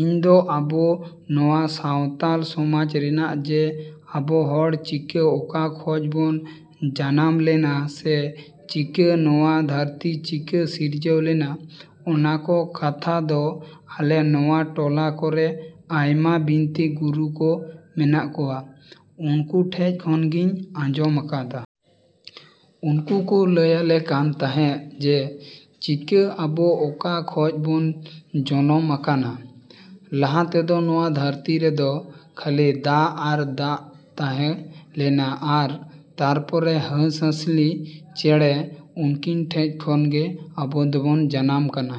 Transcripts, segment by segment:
ᱤᱧᱫᱚ ᱟᱵᱚ ᱱᱚᱣᱟ ᱥᱟᱶᱛᱟᱞ ᱥᱚᱢᱟᱡᱽ ᱨᱮᱱᱟᱜ ᱥᱮ ᱟᱵᱚ ᱦᱚᱲ ᱪᱤᱠᱟᱹ ᱚᱠᱟ ᱠᱷᱚᱡ ᱵᱚᱱ ᱡᱟᱱᱟᱢ ᱞᱮᱱᱟ ᱥᱮ ᱪᱤᱠᱟᱹ ᱱᱚᱣᱟ ᱫᱷᱟᱹᱨᱛᱤ ᱪᱤᱠᱟᱹ ᱥᱤᱨᱡᱟᱹᱣ ᱞᱮᱱᱟ, ᱚᱱᱟ ᱠᱚ ᱠᱟᱛᱷᱟ ᱫᱚ ᱟᱞᱮ ᱱᱚᱣᱟ ᱴᱚᱞᱟ ᱠᱚᱨᱮ ᱟᱭᱢᱟ ᱵᱤᱱᱛᱤ ᱜᱩᱨᱩ ᱠᱚ ᱢᱮᱱᱟᱜ ᱠᱚᱣᱟ, ᱩᱱᱠᱩ ᱴᱷᱮᱡ ᱠᱷᱚᱱᱜᱤᱧ ᱟᱸᱡᱚᱢ ᱧᱟᱢ ᱟᱠᱟᱫᱟ᱾ ᱩᱱᱠᱩ ᱠᱚ ᱞᱟᱹᱭᱟᱞᱮ ᱠᱟᱱ ᱛᱟᱦᱮᱸᱜ ᱡᱮ ᱪᱤᱠᱟᱹ ᱟᱵᱚ ᱚᱠᱟ ᱠᱷᱚᱡ ᱵᱚᱱ ᱡᱚᱱᱚᱢ ᱟᱠᱟᱱᱟ᱾ ᱞᱟᱦᱟ ᱛᱮᱫᱚ ᱱᱚᱣᱟ ᱫᱷᱟᱹᱨᱛᱤ ᱨᱮᱫᱚ ᱠᱷᱟᱹᱞᱤ ᱫᱟᱜ ᱟᱨ ᱫᱟᱜ ᱛᱟᱦᱮᱸ ᱞᱮᱱᱟ ᱟᱨ ᱛᱟᱨᱯᱚᱨᱮ ᱦᱟᱸᱥ-ᱦᱟᱸᱥᱞᱤ ᱪᱮᱸᱬᱮ ᱩᱱᱠᱤᱱ ᱴᱷᱮᱡ ᱠᱷᱚᱱ ᱜᱮ ᱟᱵᱚ ᱫᱚᱵᱚᱱ ᱡᱟᱱᱟᱢ ᱠᱟᱱᱟ᱾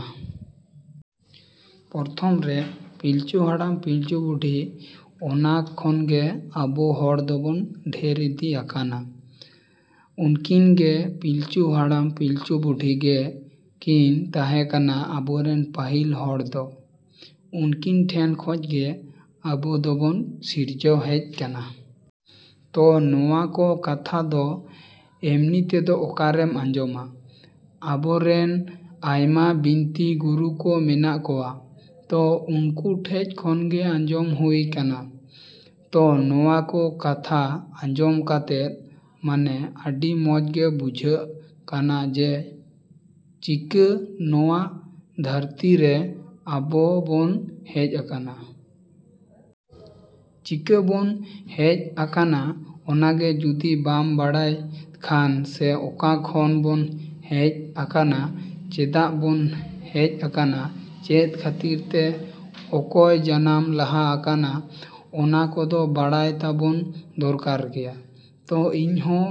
ᱯᱨᱚᱛᱷᱚᱢ ᱨᱮ ᱯᱤᱞᱪᱩ ᱦᱟᱲᱟᱢ-ᱯᱤᱞᱪᱩ ᱵᱩᱰᱷᱤ ᱚᱱᱟ ᱠᱷᱚᱱᱜᱮ ᱟᱵᱚ ᱦᱚᱲ ᱫᱚᱵᱚᱱ ᱰᱷᱮᱨ ᱤᱫᱤ ᱟᱠᱟᱱᱟ᱾ ᱩᱱᱠᱤᱱᱜᱮ ᱯᱤᱞᱪᱩ ᱦᱟᱲᱟᱢ ᱯᱤᱞᱪᱩ ᱵᱩᱰᱷᱤ ᱜᱮ ᱠᱤᱱ ᱛᱟᱦᱮᱸ ᱠᱟᱱᱟ ᱟᱵᱚᱨᱮᱱ ᱯᱟᱹᱦᱤᱞ ᱦᱚᱲ ᱫᱚ᱾ ᱩᱱᱠᱤᱱ ᱴᱷᱮᱱ ᱠᱷᱚᱡᱜᱮ ᱟᱵᱚ ᱫᱚᱵᱚᱱ ᱥᱤᱨᱡᱟᱹᱣ ᱦᱮᱡ ᱠᱟᱱᱟ᱾ ᱛᱚ ᱱᱚᱣᱟ ᱠᱚ ᱠᱟᱛᱷᱟ ᱫᱚ ᱮᱢᱱᱤ ᱛᱮᱫᱚ ᱚᱠᱟᱨᱮᱢ ᱟᱸᱡᱚᱢᱟ? ᱟᱵᱚᱨᱮᱱ ᱟᱭᱢᱟ ᱵᱤᱱᱛᱤ ᱜᱩᱨᱩ ᱠᱚ ᱢᱮᱱᱟᱜ ᱠᱚᱣᱟ, ᱛᱚ ᱩᱱᱠᱩ ᱴᱷᱮᱡ ᱠᱷᱚᱱᱜᱮ ᱟᱸᱡᱚᱢ ᱦᱩᱭ ᱠᱟᱱᱟ᱾ ᱛᱚ ᱱᱚᱣᱟ ᱠᱚ ᱠᱟᱛᱷᱟ ᱟᱸᱡᱚᱢ ᱠᱟᱛᱮᱫ ᱢᱟᱱᱮ ᱟᱹᱰᱤ ᱢᱚᱡᱽ ᱜᱮ ᱵᱩᱡᱷᱟᱹᱜ ᱠᱟᱱᱟ ᱡᱮ ᱪᱤᱠᱟᱹ ᱱᱚᱣᱟ ᱫᱷᱟᱹᱨᱛᱤᱨᱮ ᱟᱵᱚᱵᱚᱱ ᱦᱮᱡ ᱟᱠᱟᱱᱟ᱾ ᱪᱤᱠᱟᱹᱵᱚᱱ ᱦᱮᱡ ᱟᱠᱟᱱᱟ ᱚᱱᱟᱜᱮ ᱡᱩᱫᱤ ᱵᱟᱢ ᱵᱟᱲᱟᱭ ᱠᱷᱟᱱ ᱥᱮ ᱚᱠᱟ ᱠᱷᱚᱱ ᱵᱚᱱ ᱦᱮᱡ ᱟᱠᱟᱱᱟ, ᱪᱮᱫᱟᱜ ᱵᱚᱱ ᱦᱮᱡ ᱟᱠᱟᱱᱟ, ᱪᱮᱫ ᱠᱷᱟᱹᱛᱤᱨ ᱛᱮ, ᱚᱠᱚᱭ ᱡᱟᱱᱟᱢ ᱞᱟᱦᱟ ᱟᱠᱟᱱᱟ, ᱚᱱᱟ ᱠᱚᱫᱚ ᱵᱟᱲᱟᱭ ᱛᱟᱵᱚᱱ ᱫᱚᱨᱠᱟᱨ ᱜᱮᱭᱟ᱾ ᱛᱚ ᱤᱧᱦᱚᱸ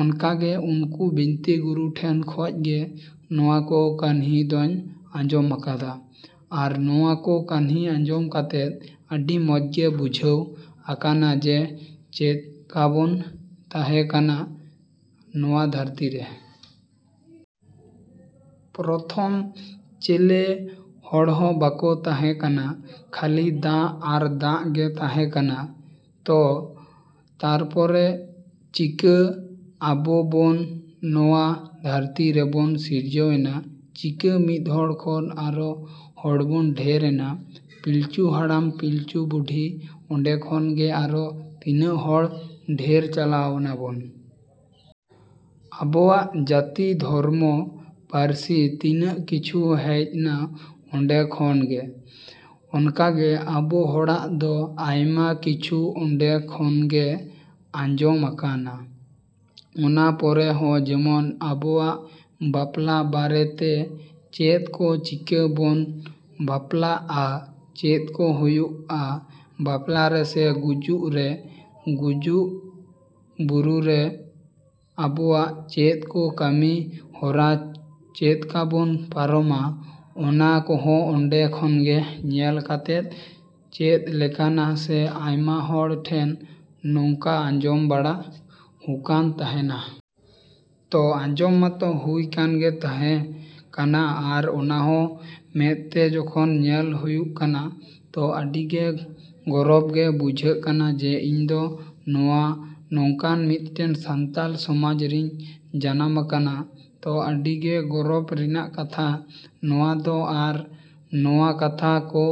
ᱚᱱᱠᱟᱜᱮ ᱱᱩᱠᱩ ᱵᱤᱱᱛᱤ ᱜᱩᱨᱩ ᱴᱷᱮᱱ ᱠᱷᱚᱡ ᱜᱮ ᱱᱚᱣᱟ ᱠᱚ ᱠᱟᱹᱦᱱᱤ ᱫᱚᱧ ᱟᱸᱡᱚᱢ ᱟᱠᱟᱫᱟ ᱟᱨ ᱱᱚᱣᱟ ᱠᱚ ᱠᱟᱹᱦᱱᱤ ᱟᱸᱡᱚᱢ ᱠᱟᱛᱮᱫ ᱟᱹᱰᱤ ᱢᱚᱡᱽᱜᱮ ᱵᱩᱡᱷᱟᱹᱣ ᱟᱠᱟᱱᱟ ᱡᱮ ᱪᱮᱫᱠᱟᱵᱚᱱ ᱛᱟᱦᱮᱸ ᱠᱟᱱᱟ ᱱᱚᱣᱟ ᱫᱷᱟᱹᱨᱛᱤᱨᱮ᱾ ᱯᱨᱚᱛᱷᱚᱢ ᱪᱮᱞᱮ ᱦᱚᱲᱦᱚᱸ ᱵᱟᱝᱠᱚ ᱛᱟᱦᱮᱸ ᱠᱟᱱᱟ, ᱠᱷᱟᱹᱞᱤ ᱫᱟᱜ ᱟᱨ ᱫᱟᱜ ᱜᱮ ᱛᱟᱦᱮᱸ ᱠᱟᱱᱟ᱾ ᱛᱚ ᱛᱟᱨᱯᱚᱨᱮ ᱪᱤᱠᱟ ᱟᱵᱚᱵᱚᱱ ᱱᱚᱣᱟ ᱫᱷᱟᱹᱨᱛᱤ ᱨᱮᱵᱚᱱ ᱥᱤᱨᱡᱟᱹᱣ ᱮᱱᱟ, ᱪᱤᱠᱟᱹ ᱢᱤᱫᱦᱚᱲ ᱠᱷᱚᱱ ᱟᱨᱚ ᱦᱚᱲᱵᱚᱱ ᱰᱷᱮᱨ ᱮᱱᱟ᱾ ᱯᱤᱞᱪᱩ ᱦᱟᱲᱟᱢ ᱯᱤᱞᱪᱩ ᱵᱩᱰᱷᱤ ᱚᱸᱰᱮ ᱠᱷᱚᱱᱜᱮ ᱟᱨᱚ ᱛᱤᱱᱟᱹᱜ ᱦᱚᱲ ᱰᱷᱮᱨ ᱪᱟᱞᱟᱣ ᱱᱟᱵᱚᱱ᱾ ᱟᱵᱚᱣᱟᱜ ᱡᱟᱹᱛᱤ ᱫᱷᱚᱨᱢᱚ ᱯᱟᱹᱨᱥᱤ ᱛᱤᱱᱟᱹᱜ ᱠᱤᱪᱷᱩ ᱦᱮᱡᱱᱟ ᱚᱸᱰᱮ ᱠᱷᱚᱱᱜᱮ᱾ ᱚᱱᱠᱟᱜᱮ ᱟᱵᱚ ᱦᱚᱲᱟᱜ ᱫᱚ ᱟᱭᱢᱟ ᱠᱤᱪᱷᱩ ᱚᱸᱰᱮ ᱠᱷᱚᱱᱜᱮ ᱟᱸᱡᱚᱢ ᱟᱠᱟᱱᱟ᱾ ᱚᱱᱟ ᱯᱚᱨᱮ ᱦᱚᱸ ᱡᱮᱢᱚᱱ ᱟᱵᱚᱣᱟᱜ ᱵᱟᱯᱞᱟ ᱵᱟᱨᱮᱛᱮ ᱪᱮᱫ ᱠᱚ ᱪᱤᱠᱟᱹ ᱵᱚᱱ ᱵᱟᱯᱞᱟᱜᱼᱟ, ᱪᱮᱫ ᱠᱚ ᱦᱩᱭᱩᱜᱼᱟ ᱵᱟᱯᱞᱟᱨᱮ ᱥᱮ ᱜᱩᱡᱚᱜ ᱨᱮ, ᱜᱩᱡᱚᱜ ᱵᱩᱨᱩᱨᱮ ᱟᱵᱚᱣᱟᱜ ᱪᱮᱫ ᱠᱚ ᱠᱟᱹᱢᱤᱦᱚᱨᱟ ᱪᱮᱫᱠᱟᱵᱚᱱ ᱯᱟᱨᱚᱢᱟ, ᱚᱱᱟ ᱠᱚᱦᱚᱸ ᱚᱸᱰᱮ ᱠᱷᱚᱱᱜᱮ ᱧᱮᱞ ᱠᱟᱛᱮᱫ ᱪᱮᱫ ᱞᱮᱠᱟᱱᱟ ᱥᱮ ᱟᱭᱢᱟ ᱦᱚᱲ ᱴᱷᱮᱱ ᱱᱚᱝᱠᱟ ᱟᱸᱡᱚᱢ ᱵᱟᱲᱟ ᱦᱩᱠᱟᱱ ᱛᱟᱦᱮᱱᱟ᱾ ᱛᱚ ᱟᱸᱡᱚᱢ ᱢᱟᱛᱚ ᱦᱩᱭ ᱠᱟᱱ ᱜᱮ ᱛᱟᱦᱮᱸ ᱠᱟᱱᱟ ᱟᱨ ᱚᱱᱟᱦᱚᱸ ᱢᱮᱸᱫ ᱛᱮ ᱡᱚᱠᱷᱚᱱ ᱧᱮᱞ ᱦᱩᱭᱩᱜ ᱠᱟᱱᱟ, ᱛᱚ ᱟᱹᱰᱤᱜᱮ ᱜᱚᱨᱚᱵᱽ ᱜᱮ ᱵᱩᱡᱷᱟᱹᱜ ᱠᱟᱱᱟ ᱡᱮ ᱤᱧᱫᱚ ᱱᱚᱣᱟ ᱱᱚᱝᱠᱟᱱ ᱢᱤᱫᱴᱮᱱ ᱥᱟᱱᱛᱟᱞ ᱥᱚᱢᱟᱡᱽ ᱨᱤᱧ ᱡᱟᱱᱟᱢ ᱟᱠᱟᱱᱟ᱾ ᱛᱚ ᱟᱹᱰᱤᱜᱮ ᱜᱚᱨᱚᱵᱽ ᱨᱮᱱᱟᱜ ᱠᱟᱛᱷᱟ ᱱᱚᱣᱟ ᱫᱚ ᱟᱨ ᱱᱚᱣᱟ ᱠᱟᱛᱷᱟ ᱠᱚ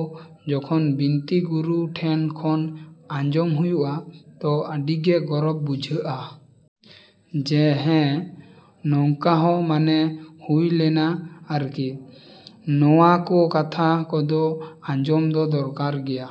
ᱡᱚᱠᱷᱚᱱ ᱵᱤᱱᱛᱤ ᱜᱩᱨᱩ ᱴᱷᱮᱱ ᱠᱷᱚᱱ ᱟᱸᱡᱚᱢ ᱦᱩᱭᱩᱜᱼᱟ, ᱛᱚ ᱟᱹᱰᱤᱜᱮ ᱜᱚᱨᱚᱵᱽ ᱵᱩᱡᱷᱟᱹᱜᱼᱟ᱾ ᱡᱮ ᱦᱮᱸ ᱱᱚᱝᱠᱟᱦᱚᱸ ᱢᱟᱱᱮ ᱦᱩᱭ ᱞᱮᱱᱟ ᱟᱨᱠᱤ᱾ ᱱᱚᱣᱟ ᱠᱚ ᱠᱟᱛᱷᱟ ᱠᱚᱫᱚ ᱟᱸᱡᱚᱢ ᱫᱚ ᱫᱚᱨᱠᱟᱨ ᱜᱮᱭᱟ᱾